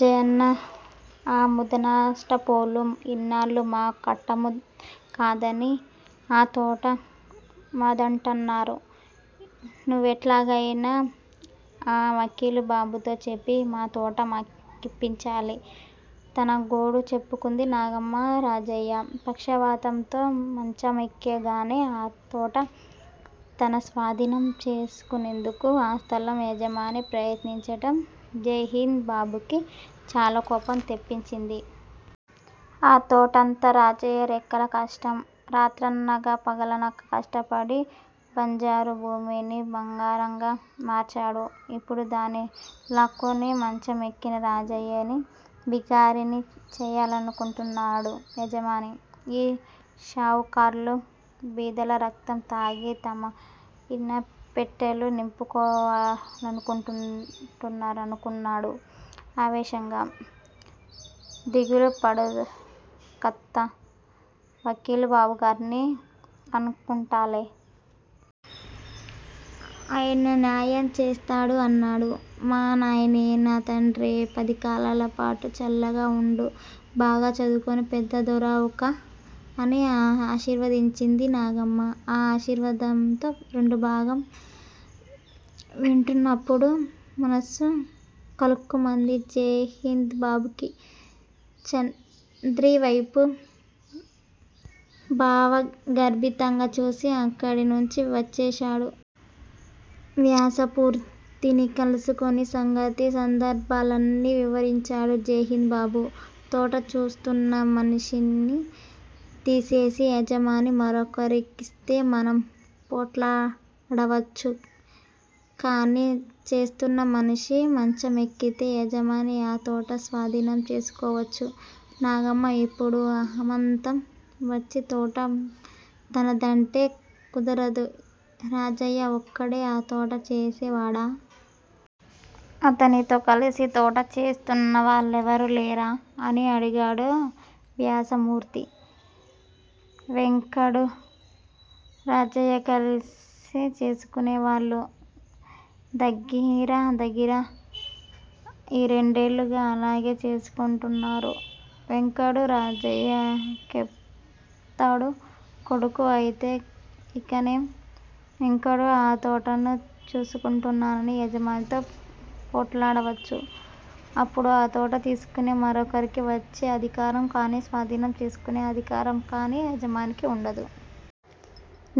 జయన్నా! ఆ ముదనష్టపోళ్ళు ఇన్నాళ్ళు మా కట్టము కాదని ఆ తోట మాదంటన్నారు. నువ్వెట్లగయినా ఆ వకీలు బాబుతో చెప్పి మాతోట మాకిప్పించాలి! తన గోడు చెప్పుకుంది నాగమ్మ రాజయ్య పక్షవాతంతో మంచమెక్కగానే ఆ తోట తనస్వాధీనం చేసుకుందుకు ఆ స్ధలం యజమాని ప్రయత్నించటం జైహింద్ బాబుకీ చాలా కోపం తెప్పించింది. ఆ తోటంతా రాజయ్య రెక్కల కష్టం. రాత్రనక, పగలనక కష్టపడి బంజరు భూమిని బంగారంగా మార్చాడు. ఇప్పుడు దాన్ని లాక్కుని మంచమెక్కిన రాజయ్యని బికారిని చెయ్యాలనుకుంటున్నాడు యజమాని. ఈ షావుకార్లు బీదల రక్తం తాగి తమ ఇనప్పెట్టెలు నింపుకోవాలనుకుంటారు అనుకున్నాడు ఆవేశంగా. దిగులు పడకత్తా! వకీలు బాబుగార్ని కనుక్కుంటాలే! ఆయన న్యాయం చేస్తాడు అన్నాడు. మా నాయనే! నా తండ్రే! పది కాలాలపాటు చల్లగా వుండు. బాగా చదువుకొని పెద్ద దొరవుకా? అని ఆశీర్వదించింది నాగమ్మ. ఆ ఆశీర్వాదంలో రెండవభాగం వింటున్నప్పుడు మనస్సు కలుక్కుమంది జైహింద్ బాబుకి. చంద్రి వైపు భావగర్భితంగా చూసి అక్కడి నుంచి వచ్చేశాడు. వ్యాసమూర్తిని కలుసుకొని సంగతి సందర్భాలన్నీ వివరించాడు జైహింద్ బాబు! తోట చూస్తున్న మనిషిని తీసేసి యజమాని మరొకరికిస్తే మనం పోట్లాడవచ్చు. కానీ చేస్తున్న మనిషి మంచమెక్కితే యజమాని ఆ తోట స్వాధీనం చేసుకోవచ్చు. నాగమ్మ ఇప్పుడు అమాంతం వచ్చి తోట తనదంటే కుదరదు. రాజయ్య ఒక్కడే ఆ తోట చేసే వాడా? అతనితో కలసి తోట చేస్తున్న వాళ్లెవరూ లేరా? అని అడిగాడు వ్యాసమూర్తి. వెంకడూ, రాజయ్య కలిసే చేసుకొనేవాళ్ళు. దగ్గిర దగ్గిర ఈ రెండేళ్ళుగా అలాగే చూసుకొంటున్నారు వెంకడు, రాజయ్యకేమవుతాడు? కొడుకు! అయితే ఇకనేం? వెంకడు ఆ తోటను చేసుకొంటానని యజమానితో పోట్లాడవచ్చు. అప్పుడు ఆ తోట తీసుకొని మరొకరికి వచ్చే అధికారం కాని, స్వాధీనం చేసుకొనే అధికారం కాని యజమానికి వుండదు.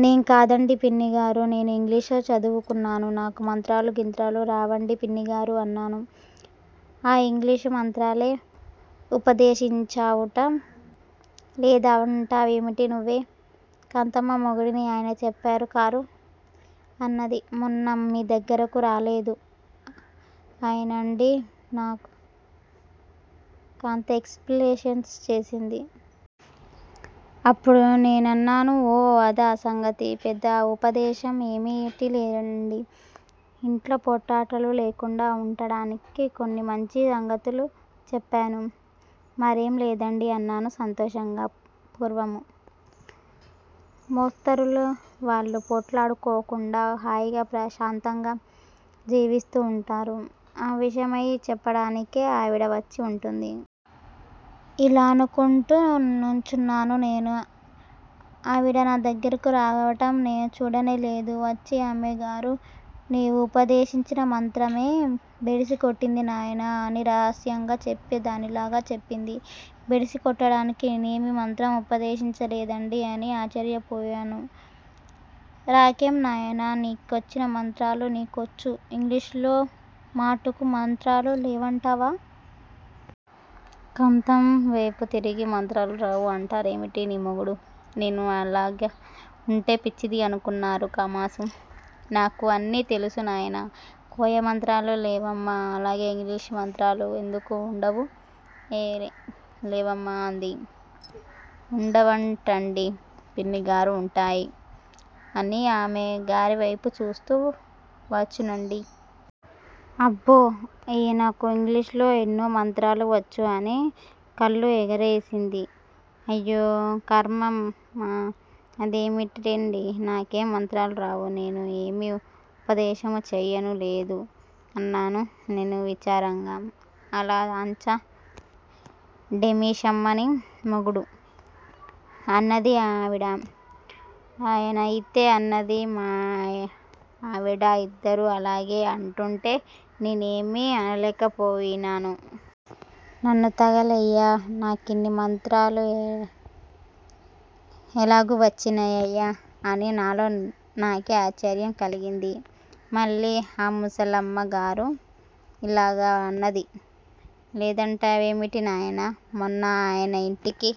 నే కాదండీ పిన్నిగారూ, నేను ఇంగ్లీషు చదువు కొన్నాను, నాకు మంత్రాలూ గింత్రాలూ రావండి పిన్నిగారూ అన్నాను. ఆ ఇంగ్లీషు మంత్రాలే ఉపదేశించావుట, లేదంటావేమిటి నువ్వే! కాంతమ్మ మొగుడని ఆయన చెప్పారు కారూ? అన్నది. మొన్న మీ దగ్గరకు రాలేదూ, ఆయనండీ కాం ఎక్సుప్లెయిన్ చేసింది. అప్పుడు నేనన్నాను: ఓహో, అదా సంగతి? పెద్ద ఉపదేశం ఏమిటిలెండి, ఇంట్లో పోట్లాటలు లేకుండా ఉండటానికి కొన్ని మంచి సంగతులు చెప్పాను. మరేంలేదండీ అన్నాను సంతోషంగా, పూర్వము. మోస్తరుగా వాళ్ళు పోట్లాడుకోకుండా హాయిగా ప్రశాంతంగా జీవిస్తూ ఉంటారు. ఆ విషయమై చెప్పడానికే ఆవిడ వచ్చి ఉంటుంది. ఇల్లా అనుకొంటూ నుంచున్నాను నేను. ఆవిడ నా దగ్గరగా రావటం నేను చూడనే లేదు. వచ్చి ఆమె గారు నీవు ఉపదేశించిన మంత్రమే బెడిసి కొట్టింది నాయనా అని రహస్యంగా చెప్పే దానిలాగా చెప్పింది. బెడిసి కొట్టటానికి నేనేమీ మంత్రం ఉపదేశించలేదండీ అని ఆశ్చర్యపోయినాను. రాకేం నాయనా, నీకొచ్చిన మంత్రాలు నీకొచ్చు, ఇంగిలీషులో మటుకు మంత్రాలు లేవంటావా? కాంతం వేపు తిరిగి మంత్రాలు రావూ అంటారేమిటి నీ మొగుడు, నేను ఇల్లాగ ఉంటే పిచ్చిది అనుకున్నారు కామాసు, నాకు అన్ని తెలుసు నాయనా, కోయ మంత్రాలు లేవమ్మా, అల్లాగే ఇంగ్లీషు మంత్రాలు ఎందుకు ఉండవూ? ఏవమ్మా? అంది. వుండవటండీ! పిన్నిగారూ, ఉంటాయి. అని ఆమె గారి వైపు చూస్తూ వచ్చునండీ. అబ్బో, ఈయనకు ఇంగ్లీషులో ఎన్నో మంత్రాలు వచ్చు అని కళ్ళు ఎగరేసింది. అయ్యో ఖర్మమా. ఇదేమిటండీ, నాకేం మంత్రాలూ రావు! నేను ఏమీ ఉపదేశమూ చెయ్యనూ లేదు అన్నాను నేను విచారంగా. అల్లా అంచా డేమిషమ్మా నీ మొగుడూ? అన్నది ఆవిడ, ఆయనంతే అన్నది మా ఆవిడ, ఇద్దరూ అలాగే అంటూంటే నేనేమీ అనలేకపోయినాను. నన్ను తగలెయ్య నాకిన్ని మంత్రాలు ఎల్లాగువచ్చినయ్యా అని నాలో నాకే ఆశ్చర్యం కలిగింది. మళ్ళీ ఆ ముసలమ్మ గారు ఇల్లాగ అన్నది లేదంటావేమిటి నాయనా. మొన్న ఆయన ఇంటికి